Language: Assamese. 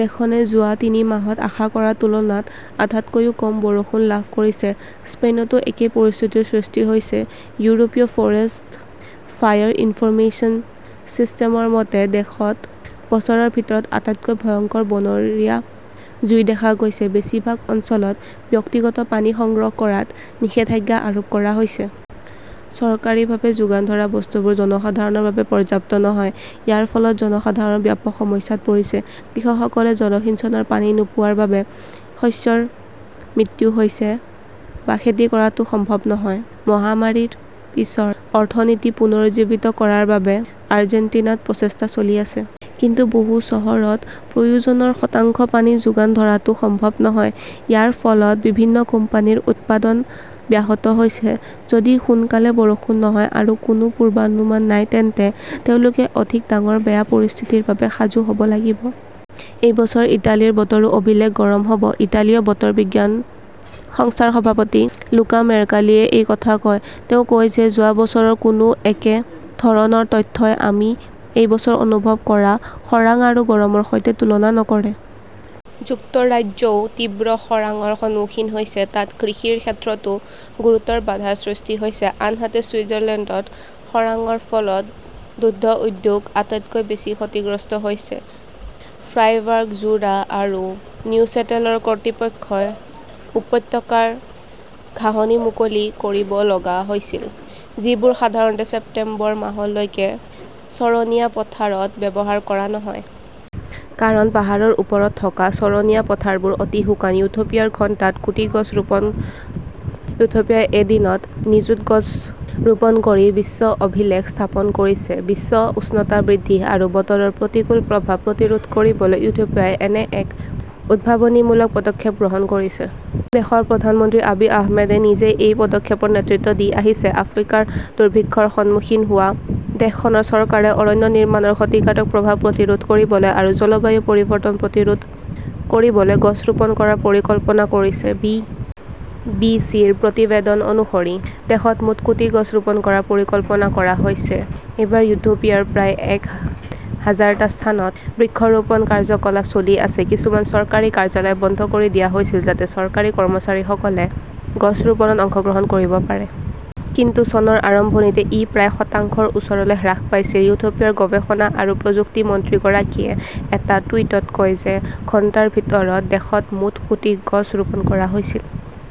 দেশখনে যোৱা তিনি মাহত আশা কৰাৰ তুলনাত আধাতকৈও কম বৰষুণ লাভ কৰিছে। স্পেইনতো একেই পৰিস্থিতিৰ সৃষ্টি হৈছে। ইউৰোপীয় ফৰেষ্ট ফায়াৰ ইনফৰমেচন চিষ্টেমৰ মতে, দেশত বছৰৰ ভিতৰত আটাইতকৈ ভয়ংকৰ বনৰীয়া জুই দেখা গৈছে। বেছিভাগ অঞ্চলত ব্যক্তিগতভাৱে পানী সংগ্ৰহ কৰাত নিষেধাজ্ঞা আৰোপ কৰা হৈছে। চৰকাৰীভাৱে যোগান ধৰা বস্তুবোৰ জনসাধাৰণৰ বাবে পৰ্যাপ্ত নহয়। ইয়াৰ ফলত জনসাধাৰণ ব্যাপক সমস্যাত পৰিছে। কৃষকসকলে জলসিঞ্চনৰ পানী নোপোৱাৰ বাবে শস্যৰ মৃত্যু হৈছে বা খেতি কৰাটো সম্ভৱ নহয়। মহামাৰীৰ পিছৰ অৰ্থনীতি পুনৰুজ্জীৱিত কৰাৰ বাবে আৰ্জেণ্টিনাত প্ৰচেষ্টা চলি আছে। কিন্তু বহু চহৰত প্ৰয়োজনৰ শতাংশ পানী যোগান ধৰাটোও সম্ভৱ নহয়। ইয়াৰ ফলত বিভিন্ন কোম্পানীৰ উৎপাদন ব্যাহত হৈছে। যদি সোনকালে বৰষুণ নহয় আৰু কোনো পূৰ্বানুমান নাই তেন্তে তেওঁলোকে অধিক ডাঙৰ বেয়া পৰিস্থিতিৰ বাবে সাজু হ'ব লাগিব। এই বছৰ ইটালীৰ বতৰো অভিলেখ গৰম হ'ব। ইটালীয় বতৰ বিজ্ঞান সংস্থাৰ সভাপতি লুকা মেৰ্কালীয়ে এই কথা কয়। তেওঁ কয় যে যোৱা বছৰৰ কোনো একে ধৰণৰ তথ্যই আমি এই বছৰ অনুভৱ কৰা খৰাং আৰু গৰমৰ সৈতে তুলনা নকৰে। যুক্তৰাজ্যও তীব্ৰ খৰাংৰ সন্মুখীন হৈছে। তাত কৃষিৰ ক্ষেত্ৰতো গুৰুতৰ বাধাৰ সৃষ্টি হৈছে। আনহাতে, ছুইজাৰলেণ্ডত খৰাংৰ ফলত দুগ্ধ উদ্যোগ আটাইতকৈ বেছি ক্ষতিগ্ৰস্ত হৈছে। ফ্ৰাইবাৰ্গ, জুৰা আৰু নিউচেটেলৰ কৰ্তৃপক্ষই উপত্যকাৰ ঘাঁহনি মুকলি কৰিব লগা হৈছিল যিবোৰ সাধাৰণতে ছেপ্টেম্বৰ মাহলৈকে চৰণীয়া পথাৰত ব্যৱহাৰ কৰা নহয়। কাৰণ পাহাৰৰ ওপৰত থকা চৰণীয়া পথাৰবোৰ অতি শুকান। ইথিওপিয়াৰ ঘণ্টাত কোটি গছ ৰোপণ ইথিওপিয়াই এদিনত নিযুত গছ ৰোপণ কৰি বিশ্ব অভিলেখ স্থাপন কৰিছে। বিশ্ব উষ্ণতা বৃদ্ধি আৰু বতৰৰ প্ৰতিকূল প্ৰভাৱ প্ৰতিৰোধ কৰিবলৈ ইথিওপিয়াই এনে এক উদ্ভাৱনীমূলক পদক্ষেপ গ্ৰহণ কৰিছে। দেশৰ প্ৰধানমন্ত্ৰী আবি আহমেদে নিজেই এই পদক্ষেপৰ নেতৃত্ব দি আহিছে। আফ্ৰিকাৰ দুৰ্ভিক্ষৰ সন্মুখীন হোৱা দেশখনৰ চৰকাৰে অৰণ্য নিৰ্মাণৰ ক্ষতিকাৰক প্ৰভাৱ প্ৰতিৰোধ কৰিবলৈ আৰু জলবায়ু পৰিৱৰ্তন প্ৰতিৰোধ কৰিবলৈ গছ ৰোপণ কৰাৰ পৰিকল্পনা কৰিছে। বি. বি. চি. -ৰ প্ৰতিবেদন অনুসৰি দেশত মুঠ কোটি গছ ৰোপণ কৰাৰ পৰিকল্পনা কৰা হৈছে। এইবাৰ ইথিওপিয়াৰ প্ৰায় এক হাজাৰটা স্থানত বৃক্ষৰোপণ কাৰ্যকলাপ চলি আছে। কিছুমান চৰকাৰী কাৰ্যালয় বন্ধ কৰি দিয়া হৈছিল যাতে চৰকাৰী কৰ্মচাৰীসকলেও গছ ৰোপণত অংশগ্ৰহণ কৰিব পাৰে। কিন্তু চনৰ আৰম্ভণিতে ই প্ৰায় শতাংশৰ ওচৰলৈ হ্ৰাস পাইছিল। ইথিওপিয়াৰ গৱেষণা আৰু প্ৰযুক্তি মন্ত্ৰীগৰাকীয়ে এটা টুইটত কয় যে ঘণ্টাৰ ভিতৰত দেশত মুঠ কোটি গছ ৰোপণ কৰা হৈছিল।